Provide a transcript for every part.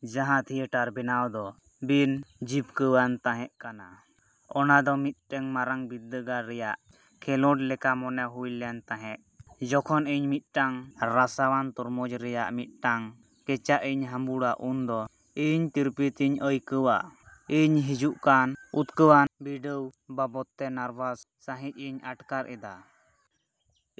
ᱡᱟᱦᱟᱸ ᱛᱷᱤᱭᱮᱴᱟᱨ ᱵᱮᱱᱟᱣ ᱫᱚ ᱵᱤᱱ ᱡᱤᱵᱠᱟᱹᱣᱟᱱ ᱛᱟᱦᱮᱸ ᱠᱟᱱᱟ᱾ᱱᱚᱶᱟ ᱫᱚ ᱢᱤᱫᱴᱟᱝ ᱢᱟᱨᱟᱝ ᱵᱤᱨᱫᱟᱹᱜᱟᱲ ᱨᱮᱭᱟᱜ ᱠᱷᱮᱞᱳᱰ ᱞᱮᱠᱟ ᱢᱚᱱᱮ ᱦᱩᱭᱞᱮᱱ ᱛᱟᱦᱮᱸ᱾ ᱡᱚᱠᱷᱚᱡ ᱤᱧ ᱢᱤᱫᱴᱟᱝ ᱨᱟᱥᱟᱣᱟᱱ ᱛᱚᱨᱢᱩᱡᱽ ᱨᱮᱭᱟᱜ ᱢᱤᱫᱴᱟᱝ ᱠᱮᱪᱟᱜ ᱤᱧ ᱦᱟᱺᱵᱩᱲᱟ ᱩᱱᱫᱚ ᱤᱧ ᱛᱤᱨᱯᱤᱛᱤᱧ ᱟᱹᱭᱠᱟᱹᱣᱟ᱾ ᱤᱧ ᱦᱤᱡᱩᱜᱠᱟᱱ ᱩᱛᱱᱟᱹᱣᱟᱱ ᱵᱤᱰᱟᱹᱣ ᱵᱟᱵᱚᱫᱛᱮ ᱱᱟᱨᱵᱷᱟᱥ ᱥᱟᱹᱦᱤᱡ ᱤᱧ ᱟᱴᱠᱟᱨ ᱮᱫᱟ᱾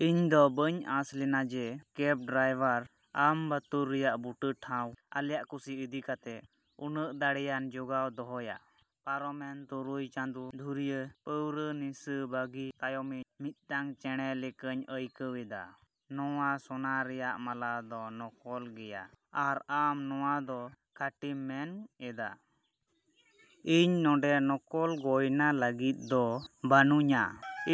ᱤᱧᱫᱚ ᱵᱟᱹᱧ ᱟᱸᱥᱞᱮᱱᱟ ᱡᱮ ᱠᱮᱵ ᱰᱟᱭᱵᱷᱟᱨ ᱟᱢᱵᱟᱛᱩᱨ ᱨᱮᱭᱟᱜ ᱵᱩᱴᱟᱹ ᱴᱷᱟᱣ ᱟᱞᱮᱭᱟᱜ ᱠᱩᱥᱤ ᱤᱫᱤ ᱠᱟᱛᱮ ᱱᱩᱱᱟᱹᱜ ᱫᱟᱲᱮᱭᱟᱱ ᱡᱚᱜᱟᱣ ᱫᱚᱦᱚᱭᱟ᱾ ᱯᱟᱨᱚᱢᱮᱱ ᱛᱩᱨᱩᱭ ᱪᱟᱸᱫᱳ ᱫᱷᱩᱨᱤᱭᱟᱹ ᱯᱟᱹᱣᱨᱟᱹ ᱱᱤᱥᱟᱹ ᱵᱟᱹᱜᱤ ᱛᱟᱭᱚᱢ ᱤᱧ ᱢᱤᱫᱴᱟᱝ ᱪᱮᱬᱮ ᱞᱮᱠᱟᱧ ᱟᱹᱭᱠᱟᱹᱣ ᱮᱫᱟ᱾ ᱱᱚᱣᱟ ᱥᱚᱱᱟ ᱨᱮᱭᱟᱜ ᱢᱟᱞᱟ ᱫᱚ ᱱᱚᱠᱚᱞ ᱜᱮᱭᱟ ᱟᱨ ᱟᱢ ᱱᱚᱣᱟ ᱫᱚ ᱠᱷᱟᱹᱴᱤᱢ ᱢᱮᱱ ᱮᱫᱟ? ᱤᱧ ᱱᱚᱰᱮᱸ ᱱᱚᱠᱚᱞ ᱜᱚᱭᱱᱟ ᱞᱟᱹᱜᱤᱫ ᱫᱚ ᱵᱟᱹᱱᱩᱧᱟ!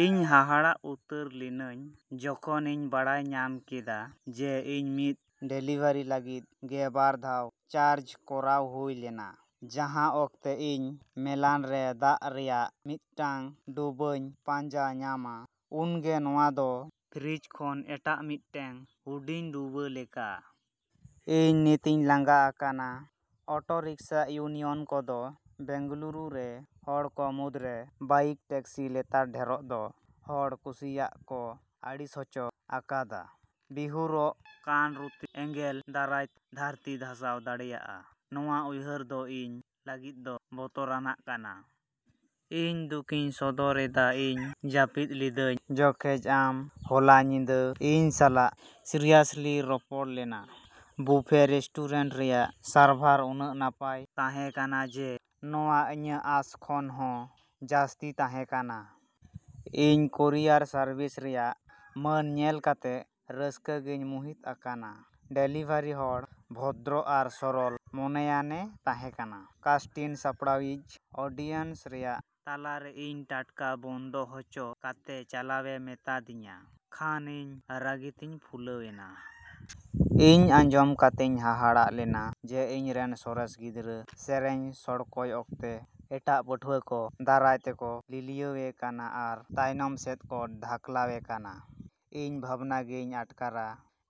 ᱤᱧ ᱦᱟᱦᱟᱲᱟᱜ ᱩᱛᱟᱹᱨ ᱞᱤᱱᱟᱹᱧ ᱡᱚᱠᱷᱚᱱ ᱤᱧ ᱵᱟᱰᱟᱭ ᱧᱟᱢ ᱠᱮᱫᱟ ᱡᱮ ᱤᱧ ᱢᱤᱫ ᱰᱮᱞᱤᱵᱷᱟᱨᱤ ᱞᱟᱹᱜᱤᱫ ᱜᱮ ᱵᱟᱨ ᱫᱷᱟᱣ ᱪᱟᱨᱡᱽ ᱠᱚᱨᱟᱣ ᱦᱩᱭ ᱞᱮᱱᱟ᱾ ᱡᱟᱦᱟᱸ ᱚᱠᱛᱮ ᱤᱧ ᱢᱮᱞᱟᱱ ᱨᱮ ᱫᱟᱜ ᱨᱮᱭᱟᱜ ᱢᱤᱫᱴᱟᱝ ᱰᱩᱵᱟᱹᱧ ᱯᱟᱸᱡᱟ ᱧᱟᱢᱟ, ᱩᱱᱜᱮ ᱱᱚᱣᱟ ᱫᱚ ᱯᱷᱨᱤᱡᱽ ᱠᱷᱚᱱ ᱮᱴᱟᱜ ᱢᱤᱫᱴᱟᱝ ᱦᱩᱰᱤᱧ ᱰᱩᱵᱟᱹ ᱞᱮᱠᱟ᱾ ᱤᱧ ᱱᱤᱛᱤᱧ ᱞᱟᱸᱜᱟ ᱟᱠᱟᱱᱟ᱾ ᱚᱴᱚ ᱨᱤᱠᱥᱟ ᱤᱭᱩᱱᱤᱭᱚᱱ ᱠᱚᱫᱚ ᱵᱮᱝᱜᱟᱞᱩᱨᱩ ᱨᱮ ᱦᱚᱲ ᱠᱚ ᱢᱩᱫᱽᱨᱮ ᱵᱟᱭᱤᱠ ᱴᱮᱠᱥᱤ ᱞᱮᱛᱟᱲ ᱰᱷᱮᱨᱚᱜ ᱫᱚ ᱦᱚᱲ ᱠᱩᱥᱤᱭᱟᱜ ᱠᱚ ᱟᱹᱲᱤᱥ ᱦᱚᱪᱚ ᱟᱠᱟᱫᱟ᱾ ᱵᱤᱦᱩᱨᱚᱜ ᱠᱟᱱ ᱨᱩᱛᱤ ᱮᱸᱜᱮᱞ ᱫᱟᱨᱟᱭᱛᱮ ᱫᱷᱟᱹᱨᱛᱤ ᱫᱷᱟᱥᱟᱣ ᱫᱟᱲᱮᱭᱟᱜᱼᱟ ᱱᱚᱣᱟ ᱩᱭᱦᱟᱹᱨ ᱫᱚ ᱤᱧ ᱞᱟᱹᱜᱤᱫ ᱫᱚ ᱵᱚᱛᱚᱨᱟᱱᱟᱜ ᱠᱟᱱᱟ᱾ ᱤᱧ ᱫᱩᱠᱤᱧ ᱥᱚᱫᱚ ᱨᱮᱫᱟ ᱤᱧ ᱡᱟᱹᱯᱤᱫ ᱞᱤᱫᱟᱹᱧ ᱡᱚᱠᱷᱮᱡ ᱟᱢ ᱦᱚᱞᱟ ᱧᱤᱫᱟᱹ ᱤᱧ ᱥᱟᱞᱟᱜ ᱥᱤᱨᱤᱭᱟᱥᱞᱤᱧ ᱨᱚᱯᱚᱲ ᱞᱮᱱᱟ᱾ ᱵᱩᱯᱷᱮ ᱨᱮᱥᱴᱩᱨᱮᱱᱴ ᱨᱮᱭᱟᱜ ᱥᱟᱨᱵᱷᱟᱨ ᱱᱩᱱᱟᱹᱜ ᱱᱟᱯᱟᱭ ᱛᱟᱦᱮᱸ ᱠᱟᱱᱟ ᱡᱮ ᱱᱚᱣᱟ ᱤᱧᱟᱹᱜ ᱟᱸᱥ ᱠᱷᱚᱱ ᱦᱚᱸ ᱡᱟᱹᱥᱛᱤ ᱛᱟᱦᱮᱸ ᱠᱟᱱᱟ᱾ ᱤᱧ ᱠᱩᱨᱤᱭᱟᱨ ᱥᱟᱨᱵᱷᱤᱥ ᱨᱮᱭᱟᱜ ᱢᱟᱹᱱ ᱧᱮᱞ ᱠᱟᱛᱮ ᱥᱟᱹᱨᱤ ᱜᱤᱧ ᱢᱩᱦᱤᱛ ᱟᱠᱟᱱᱟ᱾ ᱰᱮᱞᱤᱵᱷᱟᱨᱤ ᱦᱚᱲ ᱵᱷᱚᱫᱨᱚ ᱟᱨ ᱥᱚᱨᱚᱞ ᱢᱚᱱᱮᱭᱟᱱ ᱮ ᱛᱟᱦᱮᱸ ᱠᱟᱱᱟ᱾ ᱠᱟᱥᱴᱤᱱ ᱥᱟᱯᱲᱟᱣᱤᱡ ᱚᱰᱤᱥᱚᱱ ᱨᱮᱭᱟᱜ ᱛᱟᱞᱟ ᱨᱮ ᱤᱧ ᱴᱟᱴᱠᱟ ᱵᱚᱱᱫᱚ ᱦᱚᱪᱚ ᱠᱟᱛᱮ ᱪᱟᱞᱟᱣᱮ ᱢᱮᱛᱟᱫᱤᱧ ᱠᱷᱟᱱ ᱤᱧ ᱨᱟᱹᱜᱤᱛᱮᱧ ᱯᱷᱩᱞᱟᱹᱣᱮᱱᱟ᱾ ᱤᱧ ᱟᱸᱡᱚᱢ ᱠᱟᱛᱮᱧ ᱦᱟᱦᱟᱲᱟᱜ ᱞᱮᱱᱟ ᱡᱮ ᱤᱧᱨᱮᱱ ᱥᱚᱨᱮᱥ ᱜᱤᱫᱽᱨᱟᱹ ᱥᱮᱨᱮᱧ ᱥᱚᱲᱠᱚᱭ ᱚᱠᱛᱮ ᱮᱴᱟᱜ ᱯᱟᱹᱴᱷᱩᱣᱟ ᱠᱚ ᱫᱟᱨᱟᱭ ᱛᱮᱠᱚ ᱞᱤᱞᱤᱭᱟᱹᱣᱮ ᱠᱟᱱᱟ ᱟᱨ ᱛᱟᱭᱚᱱᱚᱢ ᱥᱮᱫ ᱠᱚ ᱫᱷᱟᱠᱞᱟᱣᱮ ᱠᱟᱱᱟ᱾ ᱤᱧ ᱵᱷᱟᱵᱽᱱᱟ ᱜᱮᱧ ᱟᱴᱠᱟᱨᱟ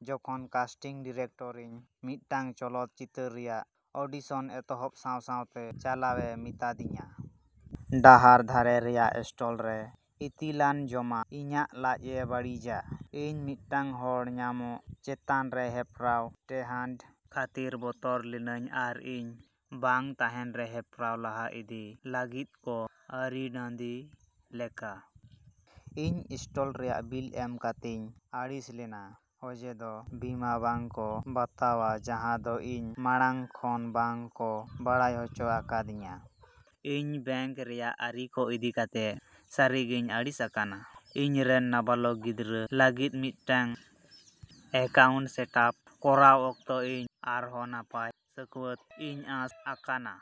ᱡᱚᱠᱷᱚᱱ ᱠᱟᱥᱴᱤᱝ ᱰᱤᱨᱮᱠᱴᱚᱨ ᱤᱧ ᱢᱤᱫᱴᱟᱝ ᱪᱚᱞᱚᱛ ᱪᱤᱛᱟᱹᱨ ᱨᱮᱭᱟᱜ ᱚᱰᱤᱥᱚᱱ ᱮᱛᱚᱦᱚᱵ ᱥᱟᱶ ᱥᱟᱶᱛᱮ ᱪᱟᱞᱟᱣᱮ ᱢᱤᱛᱟᱹᱫᱤᱧᱟ᱾ ᱰᱟᱦᱟᱨ ᱫᱷᱟᱨᱮ ᱨᱮᱭᱟᱜ ᱤᱥᱴᱚᱞᱨᱮ ᱤᱛᱤᱞᱟᱱ ᱡᱚᱢᱟᱜ ᱤᱧᱟᱹᱜ ᱞᱟᱡᱽᱼᱮ ᱵᱟᱹᱲᱤᱡᱟ᱾ ᱤᱧ ᱢᱤᱫᱴᱟᱝ ᱦᱚᱲ ᱧᱟᱢᱚᱜ ᱪᱮᱛᱟᱱ ᱨᱮ ᱦᱮᱯᱨᱟᱣ ᱴᱮᱦᱟᱸᱰ ᱠᱷᱟᱹᱛᱤᱨ ᱵᱚᱛᱚᱨ ᱞᱤᱱᱟᱹᱧ ᱟᱨ ᱤᱧ ᱵᱟᱝ ᱛᱟᱦᱮᱱ ᱨᱮ ᱦᱮᱯᱨᱟᱣ ᱞᱟᱦᱟ ᱤᱫᱤ ᱞᱟᱹᱜᱤᱫ ᱠᱚ ᱟᱹᱨᱤᱵᱟᱸᱫᱤ ᱞᱮᱫᱟ᱾ ᱤᱧ ᱤᱥᱴᱚᱞ ᱨᱮᱭᱟᱜ ᱵᱤᱞ ᱧᱮᱞ ᱠᱟᱛᱮᱧ ᱟᱹᱲᱤᱥ ᱞᱮᱱᱟ ᱚᱡᱮ ᱫᱚ ᱵᱤᱢᱟ ᱵᱟᱝ ᱠᱚ ᱵᱟᱛᱟᱣᱟ ᱡᱟᱦᱟᱸ ᱫᱚ ᱤᱧ ᱢᱟᱲᱟᱝ ᱠᱷᱚᱱ ᱵᱟᱝ ᱠᱚ ᱰᱟᱰᱟᱭ ᱦᱚᱪᱚ ᱟᱠᱟᱫᱤᱧᱟᱹ᱾ ᱤᱧ ᱵᱮᱝᱠ ᱨᱮᱭᱟᱜ ᱟᱹᱨᱤ ᱠᱚ ᱤᱫᱤ ᱠᱟᱛᱮ ᱥᱟᱹᱨᱤᱜᱤᱧ ᱟᱹᱲᱤᱥ ᱟᱠᱟᱱᱟ᱾ ᱤᱧᱨᱮᱱ ᱱᱟᱵᱟᱞᱚᱠ ᱜᱤᱫᱽᱨᱟᱹ ᱞᱟᱹᱜᱤᱫ ᱢᱤᱫᱴᱟᱝ ᱮᱠᱟᱣᱩᱱᱴ ᱥᱮᱴᱼᱟᱯ ᱠᱚᱨᱟᱣ ᱚᱠᱛᱚ ᱤᱧ ᱟᱨᱦᱚᱸ ᱱᱟᱯᱟᱭ ᱥᱟᱹᱠᱭᱟᱹᱛ ᱤᱧ ᱟᱸᱥ ᱟᱠᱟᱱᱟ᱾